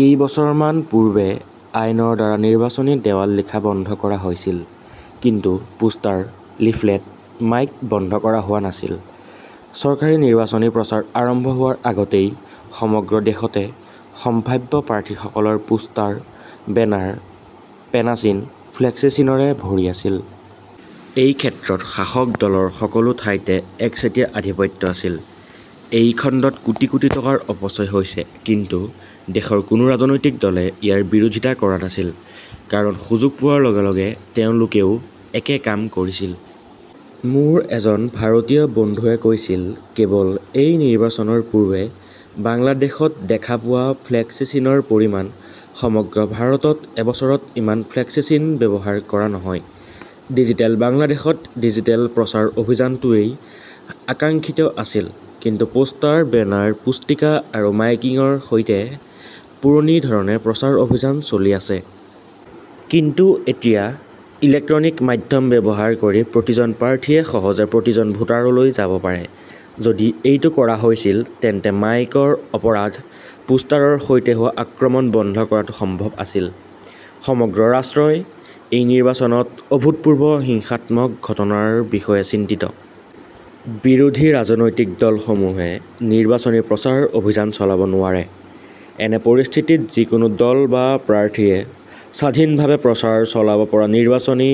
কেইবছৰমান পূৰ্বে আইনৰ দ্বাৰা নিৰ্বাচনী দেৱাল লিখা বন্ধ কৰা হৈছিল। কিন্তু পোষ্টাৰ, লিফলেট, মাইক বন্ধ কৰা হোৱা নাছিল। চৰকাৰী নিৰ্বাচনী প্ৰচাৰ আৰম্ভ হোৱাৰ আগতেই সমগ্ৰ দেশতে সম্ভাৱ্য প্ৰাৰ্থীসকলৰ পোষ্টাৰ, বেনাৰ, পেনাচিন, ফ্লেক্সিচিনৰে ভৰি আছিল। এই ক্ষেত্ৰত শাসক দলৰ সকলো ঠাইতে একচেটিয়া আধিপত্য আছিল। এই খণ্ডত কোটি কোটি টকাৰ অপচয় হৈছে। কিন্তু দেশৰ কোনো ৰাজনৈতিক দলে ইয়াৰ বিৰোধিতা কৰা নাছিল। কাৰণ সুযোগ পোৱাৰ লগে লগে তেওঁলোকেও একে কাম কৰিছিল। মোৰ এজন ভাৰতীয় বন্ধুৱে কৈছিল, কেৱল এই নিৰ্বাচনৰ পূৰ্বে বাংলাদেশত দেখা পোৱা ফ্লেক্সিচিনৰ পৰিমাণ, সমগ্ৰ ভাৰতত এবছৰত ইমান ফ্লেক্সিচিন ব্যৱহাৰ কৰা নহয়! ডিজিটেল বাংলাদেশত ডিজিটেল প্ৰচাৰ অভিযানটোৱেই আকাংক্ষিত আছিল। কিন্তু প'ষ্টাৰ, বেনাৰ, পুস্তিকা আৰু মাইকিংৰ সৈতে পুৰণি ধৰণে প্ৰচাৰ অভিযান চলি আছে। কিন্তু এতিয়া ইলেক্ট্ৰনিক মাধ্যম ব্যৱহাৰ কৰি প্ৰতিজন প্ৰাৰ্থীয়ে সহজে প্ৰতিজন ভোটাৰলৈ যাব পাৰে। যদি এইটো কৰা হৈছিল তেন্তে মাইকৰ অপৰাধ, পোষ্টাৰৰ সৈতে হোৱা আক্ৰমণ বন্ধ কৰাটো সম্ভৱ আছিল। সমগ্ৰ ৰাষ্ট্ৰই এই নিৰ্বাচনত অভূতপূৰ্ব হিংসাত্মক ঘটনাৰ বিষয়ে চিন্তিত। বিৰোধী ৰাজনৈতিক দলসমূহে নিৰ্বাচনী প্ৰচাৰ অভিযান চলাব নোৱাৰে। এনে পৰিস্থিতিত যিকোনো দল বা প্ৰাৰ্থীয়ে স্বাধীনভাৱে প্ৰচাৰ চলাব পৰা নিৰ্বাচনী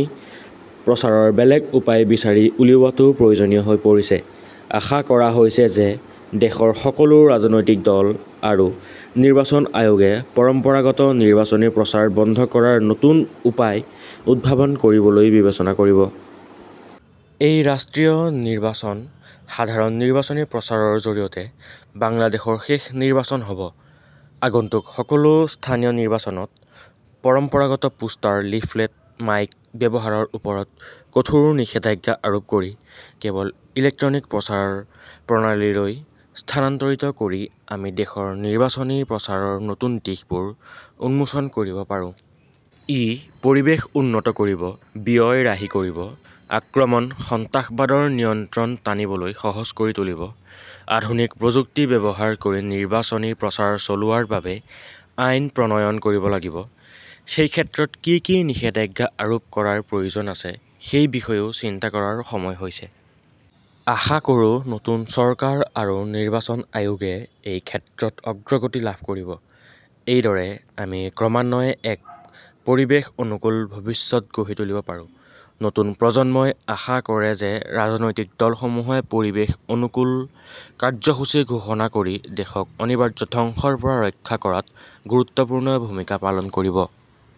প্ৰচাৰৰ বেলেগ উপায় বিচাৰি উলিওৱাটো প্ৰয়োজনীয় হৈ পৰিছে। আশা কৰা হৈছে যে দেশৰ সকলো ৰাজনৈতিক দল আৰু নিৰ্বাচন আয়োগে পৰম্পৰাগত নিৰ্বাচনী প্ৰচাৰ বন্ধ কৰাৰ নতুন উপায় উদ্ভাৱন কৰিবলৈ বিবেচনা কৰিব। এই ৰাষ্ট্ৰীয় নিৰ্বাচন সাধাৰণ নিৰ্বাচনী প্ৰচাৰৰ জৰিয়তে বাংলাদেশৰ শেষ নিৰ্বাচন হ 'ব। আগন্তুক সকলো স্থানীয় নিৰ্বাচনত পৰম্পৰাগত পোষ্টাৰ, লিফলেট, মাইক ব্যৱহাৰৰ ওপৰত কঠোৰ নিষেধাজ্ঞা আৰোপ কৰি কেৱল ইলেক্ট্ৰনিক প্ৰচাৰ প্ৰণালীলৈ স্থানান্তৰিত কৰি আমি দেশৰ নিৰ্বাচনী প্ৰচাৰৰ নতুন দিশবোৰ উন্মোচন কৰিব পাৰোঁ। ই পৰিৱেশ উন্নত কৰিব, ব্যয় ৰাহি কৰিব, আক্ৰমণ, সন্ত্ৰাসবাদৰ নিয়ন্ত্ৰণ টানিবলৈ সহজ কৰি তুলিব। আধুনিক প্ৰযুক্তি ব্যৱহাৰ কৰি নিৰ্বাচনী প্ৰচাৰ চলোৱাৰ বাবে আইন প্ৰণয়ন কৰিব লাগিব। সেই ক্ষেত্ৰত কি কি নিষেধাজ্ঞা আৰোপ কৰাৰ প্ৰয়োজন আছে সেই বিষয়েও চিন্তা কৰাৰ সময় হৈছে। আশা কৰোঁ নতুন চৰকাৰ আৰু নিৰ্বাচন আয়োগে এই ক্ষেত্ৰত অগ্ৰগতি লাভ কৰিব। এইদৰে আমি ক্ৰমান্বয়ে এক পৰিৱেশ অনুকূল ভৱিষ্যত গঢ়ি তুলিব পাৰোঁ। নতুন প্ৰজন্মই আশা কৰে যে ৰাজনৈতিক দলসমূহে পৰিৱেশ অনুকূল কাৰ্যসূচী ঘোষণা কৰি দেশক অনিবাৰ্য ধ্বংসৰ পৰা ৰক্ষা কৰাত গুৰুত্বপূৰ্ণ ভূমিকা পালন কৰিব।